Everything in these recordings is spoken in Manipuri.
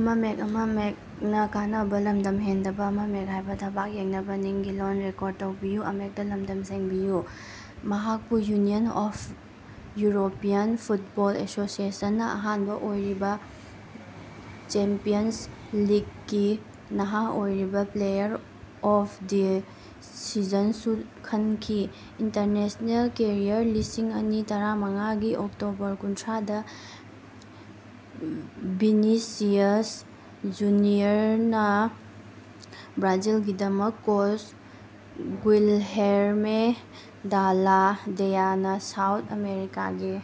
ꯃꯍꯥꯛꯄꯨ ꯌꯨꯅꯤꯌꯟ ꯑꯣꯐ ꯌꯨꯔꯣꯄꯤꯌꯥꯟ ꯐꯨꯠꯕꯣꯜ ꯑꯦꯁꯣꯁꯦꯁꯟꯅꯥ ꯑꯍꯥꯟꯕ ꯑꯣꯏꯔꯤꯕ ꯆꯦꯝꯄꯤꯌꯟꯁ ꯂꯤꯛꯀꯤ ꯅꯍꯥ ꯑꯣꯏꯔꯤꯕ ꯄ꯭ꯂꯦꯌꯥꯔ ꯑꯣꯐ ꯗ ꯁꯤꯖꯟꯁꯨ ꯈꯟꯈꯤ꯫ ꯏꯟꯇꯔꯅꯦꯁꯅꯦꯜ ꯀꯦꯔꯤꯌꯔ ꯂꯤꯁꯤꯡ ꯑꯅꯤ ꯇꯔꯥꯃꯉꯥꯒꯤ ꯑꯣꯛꯇꯣꯕꯔ ꯀꯨꯟꯊ꯭ꯔꯥꯗ ꯚꯤꯅꯤꯁꯤꯌꯁ ꯖꯨꯅꯤꯌꯔꯅ ꯕ꯭ꯔꯥꯖꯤꯜꯒꯤꯗꯃꯛ ꯀꯣꯁ ꯒꯨꯏꯜꯍꯦꯔꯃꯦ ꯗꯥꯜꯂꯥ ꯗꯦꯌꯥꯅꯥ ꯁꯥꯎꯊ ꯑꯃꯦꯔꯤꯀꯥꯒꯤ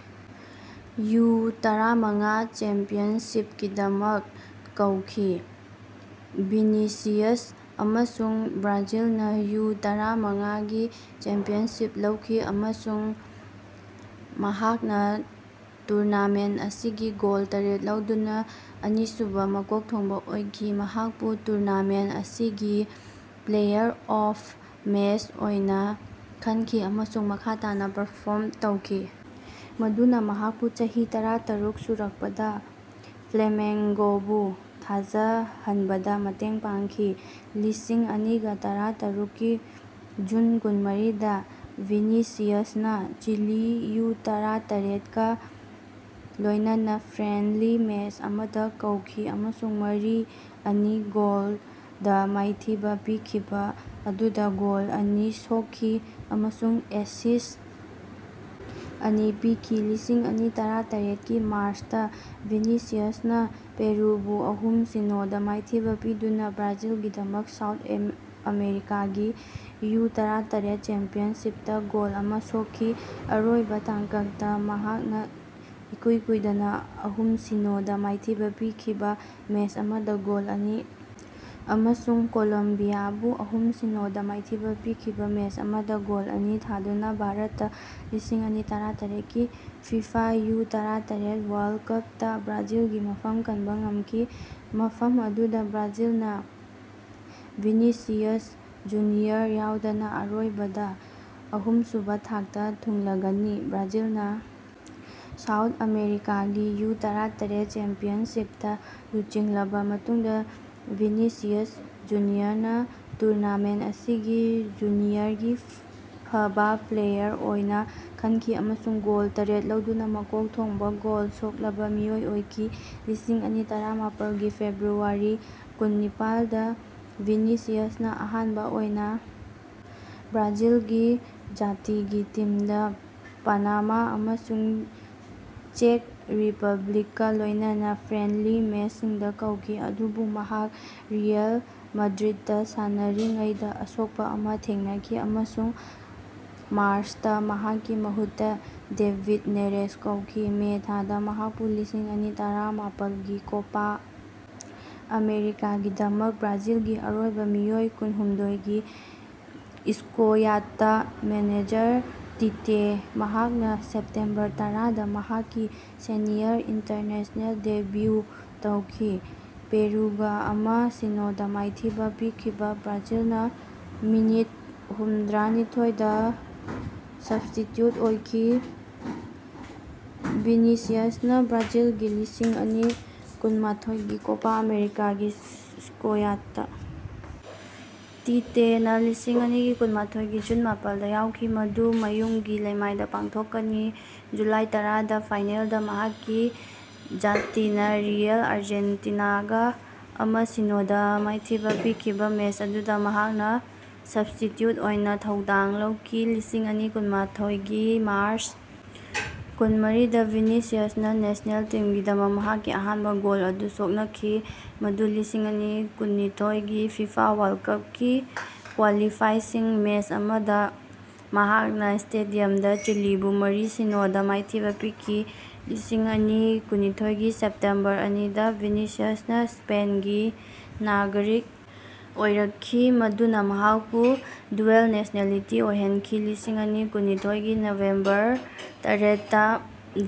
ꯌꯨ-ꯇꯔꯥꯃꯉꯥ ꯆꯦꯝꯄꯤꯌꯟꯁꯤꯞꯀꯤꯗꯃꯛ ꯀꯧꯈꯤ꯫ ꯚꯤꯅꯤꯁꯤꯌꯁ ꯑꯃꯁꯨꯡ ꯕ꯭ꯔꯥꯖꯤꯜꯅ ꯌꯨ-ꯇꯔꯥꯃꯉꯥꯒꯤ ꯆꯦꯝꯄꯤꯌꯟꯁꯤꯞ ꯂꯧꯈꯤ ꯑꯃꯁꯨꯡ ꯃꯍꯥꯛꯅ ꯇꯨꯔꯅꯥꯃꯦꯟ ꯑꯁꯤꯒꯤ ꯒꯣꯜ ꯇꯔꯦꯠ ꯂꯧꯗꯨꯅꯥ ꯑꯅꯤꯁꯨꯕꯥ ꯃꯀꯣꯛ ꯊꯣꯡꯕ ꯑꯣꯏꯈꯤ꯫ ꯃꯍꯥꯛꯄꯨ ꯇꯨꯔꯅꯥꯃꯦꯟ ꯑꯁꯤꯒꯤ ꯄ꯭ꯂꯦꯌꯥꯔ ꯑꯣꯐ ꯃꯦꯠꯁ ꯑꯣꯏꯅ ꯈꯟꯈꯤ ꯑꯃꯁꯨꯡ ꯃꯈꯥ ꯇꯥꯅꯥ ꯄꯔꯐꯣꯔꯝ ꯇꯧꯈꯤ ꯃꯗꯨꯅ ꯃꯍꯥꯛꯄꯨ ꯆꯍꯤ ꯇꯔꯥꯇꯔꯨꯛ ꯁꯨꯔꯛꯄꯗ ꯐ꯭ꯂꯦꯃꯦꯡꯒꯣꯕꯨ ꯊꯥꯖꯍꯟꯕꯗꯥ ꯃꯇꯦꯡ ꯄꯥꯡꯈꯤ꯫ ꯂꯤꯁꯤꯡ ꯑꯅꯤꯒꯥ ꯇꯔꯥꯇꯔꯨꯛꯀꯤ ꯖꯨꯟ ꯀꯨꯟꯃꯔꯤꯗꯥ ꯚꯤꯅꯤꯁꯤꯌꯁꯅꯥ ꯆꯤꯂꯤ ꯌꯨ-ꯇꯔꯥꯇꯔꯦꯠꯒꯥ ꯂꯣꯢꯅꯅ ꯐ꯭ꯔꯦꯟꯂꯤ ꯃꯦꯁ ꯑꯃꯗ ꯀꯧꯈꯤ ꯑꯃꯁꯨꯡ ꯃꯔꯤ-ꯑꯅꯤ ꯒꯣꯜꯗ ꯃꯥꯏꯊꯤꯕ ꯄꯤꯈꯤꯕ ꯑꯗꯨꯗꯥ ꯒꯣꯜ ꯑꯅꯤ ꯁꯣꯛꯈꯤ ꯑꯃꯁꯨꯡ ꯑꯦꯁꯤꯁ꯭ꯠ ꯑꯅꯤ ꯄꯤꯈꯤ꯫ ꯂꯤꯁꯤꯡ ꯑꯅꯤ ꯇꯔꯥꯇꯔꯦꯠꯀꯤ ꯃꯥꯔꯁꯇꯥ ꯚꯤꯅꯤꯁꯤꯌꯁꯅꯥ ꯄꯦꯔꯨꯕꯨ ꯑꯍꯨꯝ-ꯁꯤꯅꯣ ꯗ ꯃꯥꯏꯊꯤꯕ ꯄꯤꯗꯨꯅ ꯕ꯭ꯔꯥꯖꯤꯜꯒꯤꯗꯃꯛ ꯁꯥꯎꯠ ꯑꯃꯦꯔꯤꯀꯥꯒꯤ ꯌꯨ-ꯇꯔꯥꯇꯔꯦꯠ ꯆꯦꯝꯄꯤꯌꯟꯁꯤꯞꯇ ꯒꯣꯜ ꯑꯃ ꯁꯣꯛꯈꯤ꯫ ꯑꯔꯣꯏꯕ ꯇꯥꯡꯀꯛꯇꯥ ꯃꯍꯥꯛꯅꯥ ꯏꯀꯨꯏ ꯀꯨꯏꯗꯅꯥ ꯑꯍꯨꯝ-ꯁꯤꯅꯣ ꯗ ꯃꯥꯏꯊꯤꯕ ꯄꯤꯈꯤꯕ ꯃꯦꯁ ꯑꯃꯗ ꯒꯣꯜ ꯑꯅꯤ ꯑꯃꯁꯨꯡ ꯀꯣꯂꯝꯕꯤꯌꯥꯕꯨ ꯑꯍꯨꯝ-ꯁꯤꯅꯣꯗ ꯃꯥꯏꯊꯤꯕ ꯄꯤꯈꯤꯕ ꯃꯦꯁ ꯑꯃꯗ ꯒꯣꯜ ꯑꯅꯤ ꯊꯥꯗꯨꯅ ꯚꯥꯔꯠꯇ ꯂꯤꯁꯤꯡ ꯑꯅꯤ ꯇꯔꯥꯇꯔꯦꯠꯀꯤ ꯐꯤꯐꯥ ꯌꯨ-ꯇꯔꯥꯇꯔꯦꯠ ꯋꯥꯔꯜ ꯀꯞꯇꯥ ꯕ꯭ꯔꯥꯖꯤꯜꯒꯤ ꯃꯐꯝ ꯀꯟꯕꯥ ꯉꯝꯈꯤ, ꯃꯐꯝ ꯑꯗꯨꯗꯥ ꯕ꯭ꯔꯥꯖꯤꯜꯅꯥ (ꯚꯤꯅꯤꯁꯤꯌꯁ ꯖꯨꯅꯤꯌꯔ ꯌꯥꯎꯗꯅꯥ) ꯑꯔꯣꯏꯕꯗꯥ ꯑꯍꯨꯝꯁꯨꯕꯥ ꯊꯥꯛꯇꯥ ꯊꯨꯡꯂꯒꯅꯤ꯫ ꯕ꯭ꯔꯥꯖꯤꯜꯅꯥ ꯁꯥꯎꯠ ꯑꯃꯦꯔꯤꯀꯥꯒꯤ ꯌꯨ-ꯇꯔꯥꯇꯔꯦꯠ ꯆꯦꯝꯄꯤꯌꯟꯁꯤꯞꯇꯥ ꯂꯨꯆꯤꯡꯂꯕꯥ ꯃꯇꯨꯡꯗꯥ ꯚꯤꯅꯤꯁꯤꯌꯁ ꯖꯨꯅꯤꯌꯔꯅꯥ ꯇꯨꯔꯅꯥꯃꯦꯟ ꯑꯁꯤꯒꯤ ꯖꯨꯅꯤꯌꯔꯒꯤ ꯐꯕꯥ ꯄ꯭ꯂꯦꯌꯥꯔ ꯑꯣꯏꯅ ꯈꯟꯈꯤ ꯑꯃꯁꯨꯡ ꯒꯣꯜ ꯇꯔꯦꯠ ꯂꯧꯗꯨꯅꯥ ꯃꯀꯣꯛ ꯊꯣꯡꯕ ꯒꯣꯜ ꯁꯣꯛꯂꯕꯥ ꯃꯤꯑꯣꯏ ꯑꯣꯏꯈꯤ꯫ ꯂꯤꯁꯤꯡ ꯑꯅꯤ ꯇꯔꯥꯃꯥꯄꯜꯒꯤ ꯐꯦꯕ꯭ꯔꯨꯋꯥꯔꯤ ꯀꯨꯟꯅꯤꯄꯥꯜꯗ ꯚꯤꯅꯤꯁꯤꯌꯁꯅꯥ ꯑꯍꯥꯟꯕ ꯑꯣꯏꯅ ꯕ꯭ꯔꯥꯖꯤꯜꯒꯤ ꯖꯥꯇꯤꯒꯤ ꯇꯤꯝꯗꯥ ꯄꯥꯅꯥꯃꯥ ꯑꯃꯁꯨꯡ ꯆꯦꯛ ꯔꯤꯄꯕ꯭ꯂꯤꯛꯀꯥ ꯂꯣꯢꯅꯅ ꯐ꯭ꯔꯦꯟꯂꯤ ꯃꯦꯁꯁꯤꯡꯗꯥ ꯀꯧꯈꯤ꯫ ꯑꯗꯨꯕꯨ ꯃꯍꯥꯛ ꯔꯤꯑꯦꯜ ꯃꯥꯗ꯭ꯔꯤꯠꯇꯥ ꯁꯥꯟꯅꯔꯤꯉꯩꯗꯥ ꯑꯁꯣꯛꯄ ꯑꯃ ꯊꯦꯡꯅꯈꯤ, ꯑꯃꯁꯨꯡ ꯃꯥꯔꯁꯇꯥ ꯃꯍꯥꯛꯀꯤ ꯃꯍꯨꯠꯇꯥ ꯗꯦꯕꯤꯠ ꯅꯦꯔꯦꯁ ꯀꯧꯈꯤ꯫ ꯃꯦ ꯊꯥꯗꯥ ꯃꯍꯥꯛꯄꯨ ꯂꯤꯁꯤꯡ ꯑꯅꯤ ꯇꯔꯥꯃꯥꯄꯜꯒꯤ ꯀꯣꯄꯥ ꯑꯥꯃꯦꯔꯤꯀꯥꯒꯤꯗꯃꯛ ꯕ꯭ꯔꯥꯖꯤꯜꯒꯤ ꯑꯔꯣꯏꯕ ꯃꯤꯑꯣꯏ ꯀꯨꯟꯍꯨꯝꯗꯣꯏꯒꯤ ꯁ꯭ꯀꯣꯌꯥꯠꯇꯥ ꯃꯦꯅꯦꯖꯔ ꯇꯤꯇꯦ ꯃꯍꯥꯛꯅꯥ ꯁꯦꯞꯇꯦꯝꯕꯔ ꯇꯔꯥꯗꯥ ꯃꯍꯥꯛꯀꯤ ꯁꯦꯅꯤꯌꯔ ꯏꯟꯇꯔꯅꯦꯁꯅꯦꯜ ꯗꯦꯕ꯭ꯌꯨ ꯇꯧꯈꯤ, ꯄꯦꯔꯨꯒꯥ ꯑꯃ-ꯁꯤꯅꯣꯗꯥ ꯃꯥꯏꯊꯤꯕꯥ ꯄꯤꯈꯤꯕꯥ ꯕ꯭ꯔꯥꯖꯤꯜꯅ ꯃꯤꯅꯤꯠ ꯍꯨꯝꯗ꯭ꯔꯥꯅꯤꯊꯣꯏꯗꯥ ꯁ꯭ꯕꯁꯇꯤꯆ꯭ꯌꯨꯠ ꯑꯣꯏꯈꯤ꯫ ꯚꯤꯅꯤꯁꯤꯌꯁꯅꯥ ꯕ꯭ꯔꯥꯖꯤꯜꯒꯤ ꯂꯤꯁꯤꯡ ꯑꯅꯤ ꯀꯨꯟꯃꯥꯊꯣꯏꯒꯤ ꯀꯣꯄꯥ ꯑꯥꯃꯦꯔꯤꯀꯥꯒꯤ ꯁ꯭ꯀꯣꯌꯥꯠꯇꯥ ꯇꯤꯇꯦꯅꯥ ꯂꯤꯁꯤꯡ ꯑꯅꯤꯒꯤ ꯀꯨꯟꯃꯥꯊꯣꯏꯒꯤ ꯖꯨꯟ ꯃꯥꯄꯜꯗ ꯌꯥꯎꯈꯤ, ꯃꯗꯨ ꯃꯌꯨꯝꯒꯤ ꯂꯩꯃꯥꯏꯗ ꯄꯥꯡꯊꯣꯛꯀꯅꯤ꯫ ꯖꯨꯂꯥꯏ ꯇꯔꯥꯗꯥ ꯐꯥꯏꯅꯦꯜꯗꯥ ꯃꯍꯥꯛꯀꯤ ꯖꯥꯇꯤꯅꯥ ꯔꯤꯑꯦꯜ ꯑꯥꯔꯖꯦꯟꯇꯤꯅꯥꯒꯥ ꯑꯃ-ꯁꯤꯅꯣ ꯗꯥ ꯃꯥꯏꯊꯤꯕꯥ ꯄꯤꯈꯤꯕꯥ ꯃꯦꯁ ꯑꯗꯨꯗꯥ ꯃꯍꯥꯛꯅ ꯁ꯭ꯕꯁꯇꯤꯆ꯭ꯌꯨꯠ ꯑꯣꯏꯅ ꯊꯧꯗꯥꯡ ꯂꯧꯈꯤ꯫ ꯂꯤꯁꯤꯡ ꯑꯅꯤ ꯀꯨꯟꯅꯤꯊꯣꯏꯒꯤ ꯃꯥꯔꯁ ꯀꯨꯟꯃꯔꯤꯗꯥ ꯚꯤꯅꯤꯁꯤꯌꯁꯅꯥ ꯅꯦꯁꯅꯦꯜ ꯇꯤꯝꯒꯤꯗꯃꯛ ꯃꯍꯥꯛꯀꯤ ꯑꯍꯥꯟꯕ ꯒꯣꯜ ꯑꯗꯨ ꯁꯣꯛꯅꯈꯤ, ꯃꯗꯨ ꯂꯤꯁꯤꯡ ꯑꯅꯤ ꯀꯨꯟꯅꯤꯊꯣꯏꯒꯤ ꯐꯤꯐꯥ ꯋꯥꯔꯜ ꯀꯞꯀꯤ ꯀ꯭ꯋꯥꯂꯤꯐꯥꯏꯁꯤꯡ ꯃꯦꯁ ꯑꯃꯗ ꯃꯍꯥꯛꯅ ꯁ꯭ꯇꯦꯗꯤꯌꯝꯗꯥ ꯆꯤꯂꯤꯕꯨ ꯃꯔꯤ-ꯁꯤꯅꯣ ꯗ ꯃꯥꯏꯊꯤꯕ ꯄꯤꯈꯤ꯫ꯂꯤꯁꯤꯡ ꯑꯅꯤ ꯀꯨꯟꯅꯤꯊꯣꯏꯒꯤ ꯁꯦꯞꯇꯦꯝꯕꯔ ꯑꯅꯤꯗꯥ ꯚꯤꯅꯤꯁꯤꯌꯁꯅꯥ ꯁ꯭ꯄꯦꯟꯒꯤ ꯅꯥꯒꯔꯤꯛ ꯑꯣꯏꯔꯛꯈꯤ, ꯃꯗꯨꯅꯥ ꯃꯍꯥꯛꯄꯨ ꯗ꯭ꯌꯨꯑꯦꯜ-ꯅꯦꯁꯅꯦꯂꯤꯇꯤ ꯑꯣꯏꯍꯟꯈꯤ ꯫ꯂꯤꯁꯤꯡ ꯑꯅꯤ ꯀꯨꯟꯅꯤꯊꯣꯏꯒꯤ ꯅꯕꯦꯝꯕꯔ ꯇꯔꯦꯠꯇꯥ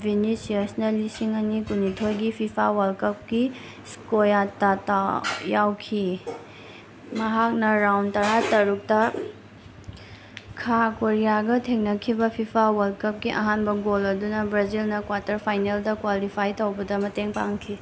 ꯚꯤꯅꯤꯁꯤꯌꯁꯅꯥ ꯂꯤꯁꯤꯡ ꯑꯅꯤ ꯀꯨꯟꯅꯤꯊꯣꯏꯒꯤ ꯐꯤꯐꯥ ꯋꯥꯔꯜ ꯀꯞꯀꯤ ꯁ꯭ꯀꯣꯌꯥꯠꯇꯥ ꯌꯥꯎꯈꯤ ꯫ ꯃꯍꯥꯛꯅ ꯔꯥꯎꯟ ꯇꯔꯥꯇꯔꯨꯛꯇꯥ ꯈꯥ ꯀꯣꯔꯤꯌꯥꯒꯥ ꯊꯦꯡꯅꯈꯤꯕꯥ ꯐꯤꯐꯥ ꯋꯥꯔꯜ ꯀꯞꯀꯤ ꯑꯍꯥꯟꯕ ꯒꯣꯜ ꯑꯗꯨꯅ ꯕ꯭ꯔꯥꯖꯤꯜꯅ ꯀ꯭ꯋꯥꯇꯔ ꯐꯥꯏꯅꯦꯜꯗ ꯀ꯭ꯋꯥꯂꯤꯐꯥꯏ ꯇꯧꯕꯗꯥ ꯃꯇꯦꯡ ꯄꯥꯡꯈꯤ꯫